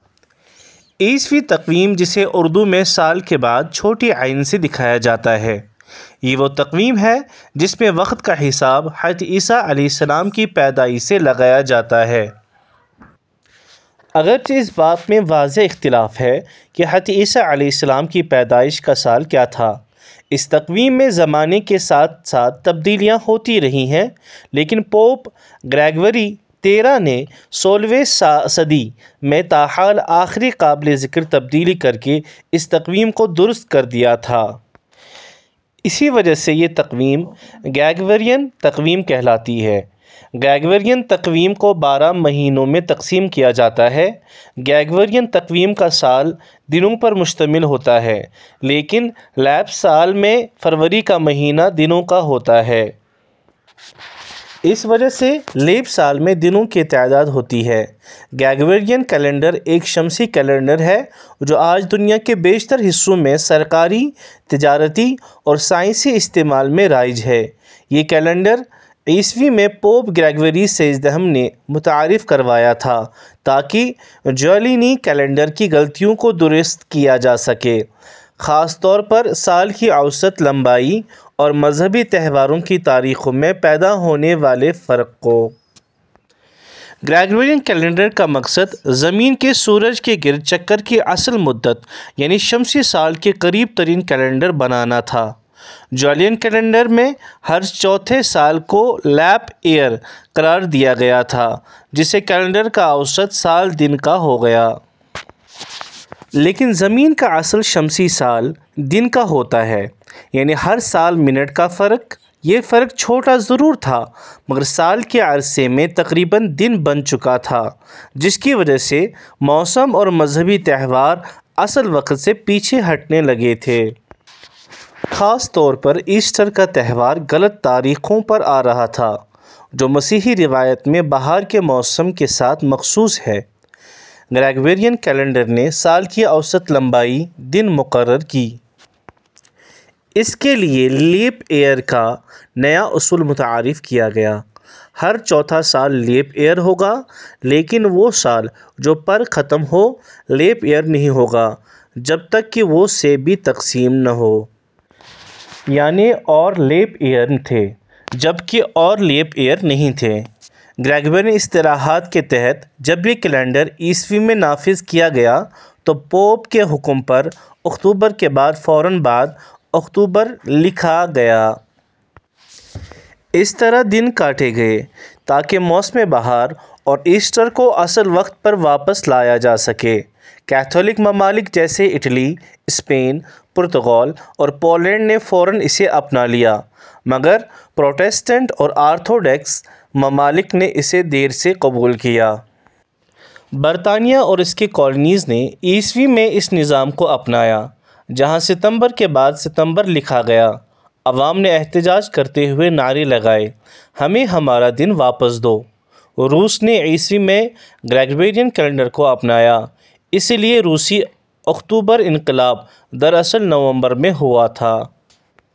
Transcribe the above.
عیسوی تقویم جسے اردو میں سال کے بعد 'ء' سے دکھایا جاتا ہے ، یہ وہ تقویم ہے جس میں وقت کا حساب حضرت عیسیٰ علیهٔ السلام کی پیدائش سے لگایا جاتا ہے۔ اگر چہ اس بات میں واضح اختلاف ہے کہ حضرت عیسیٰ علیہ السلام کی پیدائش کا سال کیا تھا۔ اس تقویم میں زمانے کے ساتھ ساتھ تبدیلیاں ہوتی رہی ہیں لیکن پوپ گریگوری تیرہ نے سولہویں صدی میں تاحال آخری قابلِ ذکر تبدیلی کر کے اس تقویم کو درست کر دیا تھا۔ اسی وجہ سے یہ تقویم، گریگورین تقویم کہلاتی ہے۔ گریگورین تقویم کو بارہ مہینوں میں تقسیم کیا جاتا ہے۔ گریگورین تقویم کا سال دنوں پر مشتمل ہوتا ہے لیکن لیپ سال میں فروری کا مہینہ دنوں کا ہوتا ہے۔ اس وجہ سے لیپ سال میں دنوں کی تعداد ہوتی ہے۔ گریگورین کیلنڈر ایک شمسی کیلنڈر ہے جو آج دنیا کے بیشتر حصوں میں سرکاری، تجارتی اور سائنسی استعمال میں رائج ہے۔ یہ کیلنڈر ء میں پوپ گریگوری سیزدہم نے متعارف کروایا تھا تاکہ جولینی کیلنڈر کی غلطیوں کو درست کیا جا سکے، خاص طور پر سال کی اوسط لمبائی اور مذہبی تہواروں کی تاریخوں میں پیدا ہونے والے فرق کو۔ گریگورین کیلنڈر کا مقصد زمین کے سورج کے گرد چکر کی اصل مدت یعنی شمسی سال کے قریب ترین کیلنڈر بنانا تھا۔ جولین کیلنڈر میں ہر چوتھے سال کو لیپ ایئر قرار دیا گیا تھا، جس سے کیلنڈر کا اوسط سال دن کا ہو گیا۔ لیکن زمین کا اصل شمسی سال. دن کا ہوتا ہے، یعنی ہر سال منٹ کا فرق۔ یہ فرق چھوٹا ضرور تھا، مگر سال کے عرصے میں تقریباً دن بن چکا تھا، جس کی وجہ سے موسم اور مذہبی تہوار اصل وقت سے پیچھے ہٹنے لگے تھے۔ خاص طور پر ایسٹر کا تہوار غلط تاریخوں پر آ رہا تھا، جو مسیحی روایت میں بہار کے موسم کے ساتھ مخصوص ہے۔ گریگورین کیلنڈر نے سال کی اوسط لمبائی. دن مقرر کی۔ اس کے لیے لیپ ایئر کا نیا اصول متعارف کیا گیا: ہر چوتھا سال لیپ ایئر ہوگا۔ لیکن وہ سال جو پر ختم ہو، لیپ ایئر نہیں ہوگا، جب تک کہ وہ سے بھی تقسیم نہ ہو۔ یعنی اور لیپ ایئر تھے، جبکہ ، اور لیپ ایئر نہیں تھے۔ گریگورین اصلاحات کے تحت جب یہ کیلنڈر ء میں نافذ کیا گیا، تو پوپ کے حکم پر اکتوبر کے فوراً بعد اکتوبر لکھا گیا۔ اس طرح دن کاٹے گئے تاکہ موسمِ بہار اور ایسٹر کو اصل وقت پر واپس لایا جا سکے۔ کیتھولک ممالک جیسے اٹلی ، اسپین ، پرتگال اور پولینڈ نے فوراً اسے اپنا لیا، مگر پروٹسٹنٹ اور آرتھوڈوکس ممالک نے اسے دیر سے قبول کیا۔ برطانیہ اور اس کی کالونیز نے ء میں اس نظام کو اپنایا، جہاں ستمبر کے بعد ستمبر لکھا گیا۔ عوام نے احتجاج کرتے ہوئے نعرے لگائے: "ہمیں ہمارے دن واپس دو! "۔ روس نے ء میں گریگورین کیلنڈر کو اپنایا، اسی لیے روسی " اکتوبر انقلاب " دراصل نومبر میں ہوا تھا۔